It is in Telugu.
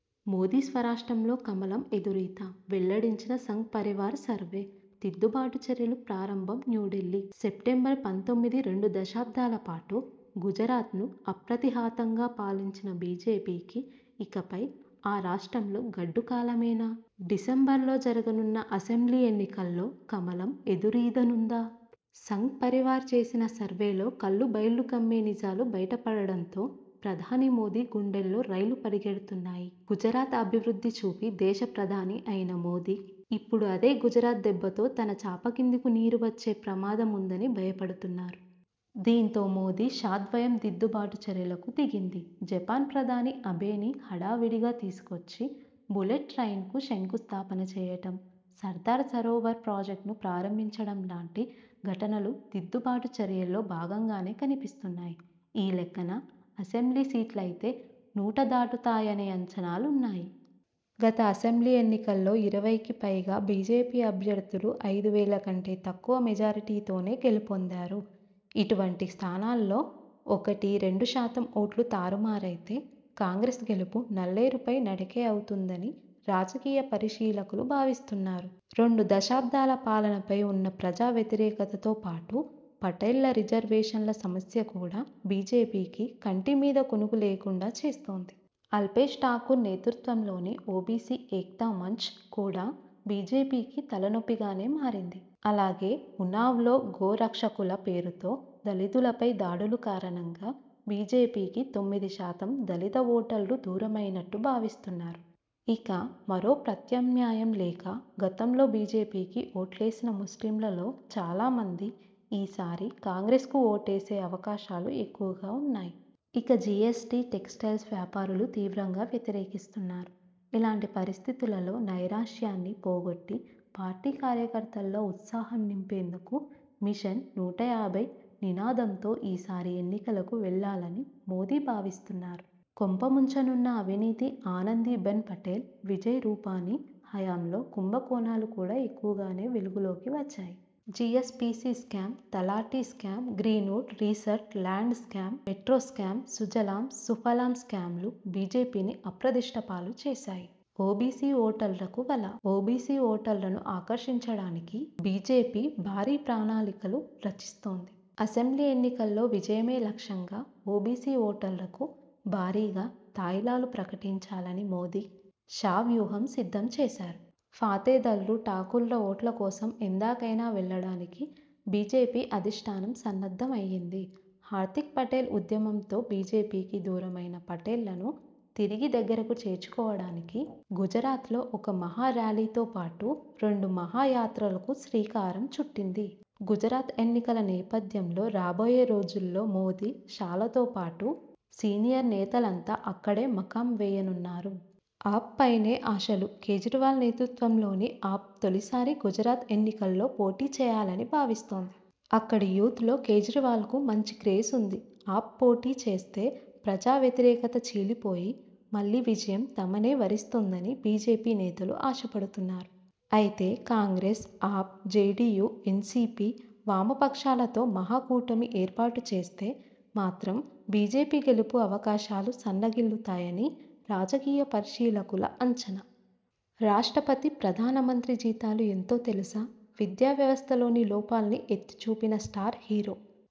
మోదీ స్వరాష్ట్రంలో కమలం ఎదురీత? వెల్లడించిన సంఘ్ పరివార్ సర్వే దిద్దుబాటు చర్యలు ప్రారంభం న్యూఢిల్లీ, సెప్టెంబర్ పంతొమ్మిది రెండు దశాబ్దాల పాటు గుజరాత్ను అప్రతి హతంగా పాలించిన బీజేపీకి ఇకపై ఆ రాష్ట్రంలో గడ్డు కాలమేనా? డిసెంబర్లో జరగనున్న అసెంబ్లీ ఎన్నికల్లో కమలం ఎదురీద నుందా? సంఘ్ పరివార్ చేసిన సర్వేలో కళ్లు బైర్లు కమ్మే నిజాలు బయట పడడంతో ప్రధాని మోదీ గుండెల్లో రైళ్లు పరిగెడుతున్నాయి. గుజరాత్ అభివృద్ధి చూపి దేశ ప్రధాని అయిన మోదీ, ఇప్పుడు అదే గుజరాత్ దెబ్బతో తన చాప కిందకు నీరు వచ్చే ప్రమాద ముందని భయపడుతున్నారు. దీంతో మోదీ, షా ద్వయం దిద్దు బాటు చర్యలకు దిగింది. జపాన్ ప్రధాని అబేని హడా విడిగా తీసుకొచ్చి బుల్లెట్ ట్రైన్కు శంకుస్థాపన చేయడం, సర్దార్ సరోవర్ ప్రాజెక్టును ప్రారంభించడం లాంటి ఘటనలు దిద్దు బాటు చర్యల్లో భాగంగానే కనిపిస్తున్నాయి. ఈ లెక్కన అసెంబ్లీ సీట్లైతే నూట దాటు తాయనే అంచనా లున్నాయి. గత అసెంబ్లీ ఎన్నికల్లో ఇరవైకి పైగా బీజేపీ అభ్యర్థులు ఐదు వేల కంటే తక్కువ మెజారిటీ తోనే గెలు పొందారు. ఇటువంటి స్థానాల్లో ఒకటి, రెండు శాతం ఓట్లు తారుమారైతే కాంగ్రెస్ గెలుపు నల్లేరు పై నడకే అవుతుందని రాజకీయ పరిశీలకులు భావిస్తున్నారు. రెండు దశాబ్దాల పాలనపై ఉన్న ప్రజా వ్యతిరేకతతో పాటు, పటేళ్ల రిజర్వేషన్ల సమస్య కూడా బీజేపీకి కంటి మీద కునుకు లేకుండా చేస్తోంది. అల్పేశ్ ఠాకూర్ నేతృత్వంలోని 'ఓబీసీ ఏక్తా మంచ్' కూడా బీజేపీకి తలనొప్పి గానే మారింది. అలాగే ఉనావ్లో గోరక్షకుల పేరుతో దళితుల పై దాడుల కారణంగా బీజేపీకి తొమ్మిది శాతం దళిత ఓటర్లు దూరమైనట్టు భావిస్తున్నారు. ఇక, మరో ప్రత్యామ్నాయం లేక గతంలో బీజేపీకి ఓట్లేసిన ముస్లింల లో చాలా మంది ఈ సారి కాంగ్రెస్ కు ఓటేసే అవకాశాలు ఎక్కువగా ఉన్నాయి. ఇక, జీఎస్టీని టెక్స్టైల్స్ వ్యాపారులు తీవ్రంగా వ్యతిరేకిస్తున్నారు. ఇలాంటి పరిస్థితుల్లో నైరాశ్యాన్ని పోగొట్టి పార్టీ కార్యకర్తల్లో ఉత్సాహం నింపేందుకు 'మిషన్, నూట యాభై' నినాదంతో ఈసారి ఎన్నికలకు వెళ్లాలని మోదీ భావిస్తున్నారు. కొంప ముంచనున్న అవినీతి ఆనంది బెన్ పటేల్, విజయ్ రూపాని హయాంలో కుంభ కోణాలు కూడా ఎక్కువగానే వెలుగు లోకి వచ్చాయి. GSPC scam, Talati scam, Green Wood Resort land scam, metro scam, Sujalam Sufalam స్కాంలు బీజేపీని అప్రదిష్ట పాలు చేశాయి. ఓబీసీ ఓటర్లకు వల ఓబీసీ ఓటర్లను ఆకర్షించడానికి బీజేపీ భారీ ప్రణాళికలు రచిస్తోంది. అసెంబ్లీ ఎన్నికల్లో విజయమే లక్ష్యంగా ఓబీసీ ఓటర్లకు భారీగా తాయిలాలుప్రకటించాలని మోదీ, షా వ్యూహం సిద్ధం చేశారు. ఫతేదార్లు, ఠాకూర్ల ఓట్ల కోసం ఎందాకైనా వెళ్లడానికి బీజేపీ అధిష్ఠానం సన్నద్దమైంది. హార్ధిక్ పటేల్ ఉద్యమంతో బీజేపీకి దూరమైన పటేళ్లను తిరిగి దగ్గరకు చేర్చు కోవడానికి గుజరాత్లో ఒక మహా ర్యాలీతో పాటు రెండు మహా యాత్రలకు శ్రీకారం చుట్టింది. గుజరాత్ ఎన్నికల నేపథ్యంలో రాబోయే రోజుల్లో మోదీ, షాలతో పాటు సీనియర్ నేత లంతా అక్కడే మకాం వేయనున్నారు. ఆప్పైనే ఆశలుకేజ్రీవాల్ నేతృత్వంలోని 'ఆప్' తొలిసారి గుజరాత్ ఎన్నికల్లో పోటీ చేయాలని భావిస్తోంది. అక్కడి యూత్లో కేజ్రీవాల్కు మంచి క్రేజ్ ఉంది. ఆప్ పోటీ చేస్తే ప్రజా వ్యతిరేకత చీలిపోయి మళ్లీ విజయం తమనే వరిస్తుందని బీజేపీ నేతలు ఆశ పడుతున్నారు. అయితే కాంగ్రెస్, ఆప్, జేడీయూ, ఎన్సీపీ, వామ పక్షాలతో మహా కూటమి ఏర్పాటు చేస్తే మాత్రం బీజేపీ గెలుపు అవకాశాలు సన్న గిల్లుతాయని రాజకీయ పరిశీలకుల అంచనా. రాష్ట్రపతి, ప్రధాన మంత్రి జీతాలు ఎంతో తెలుసా? విద్యా వ్యవస్థలోని లోపాల్ని ఎత్తి చూపిన స్టార్ హీరో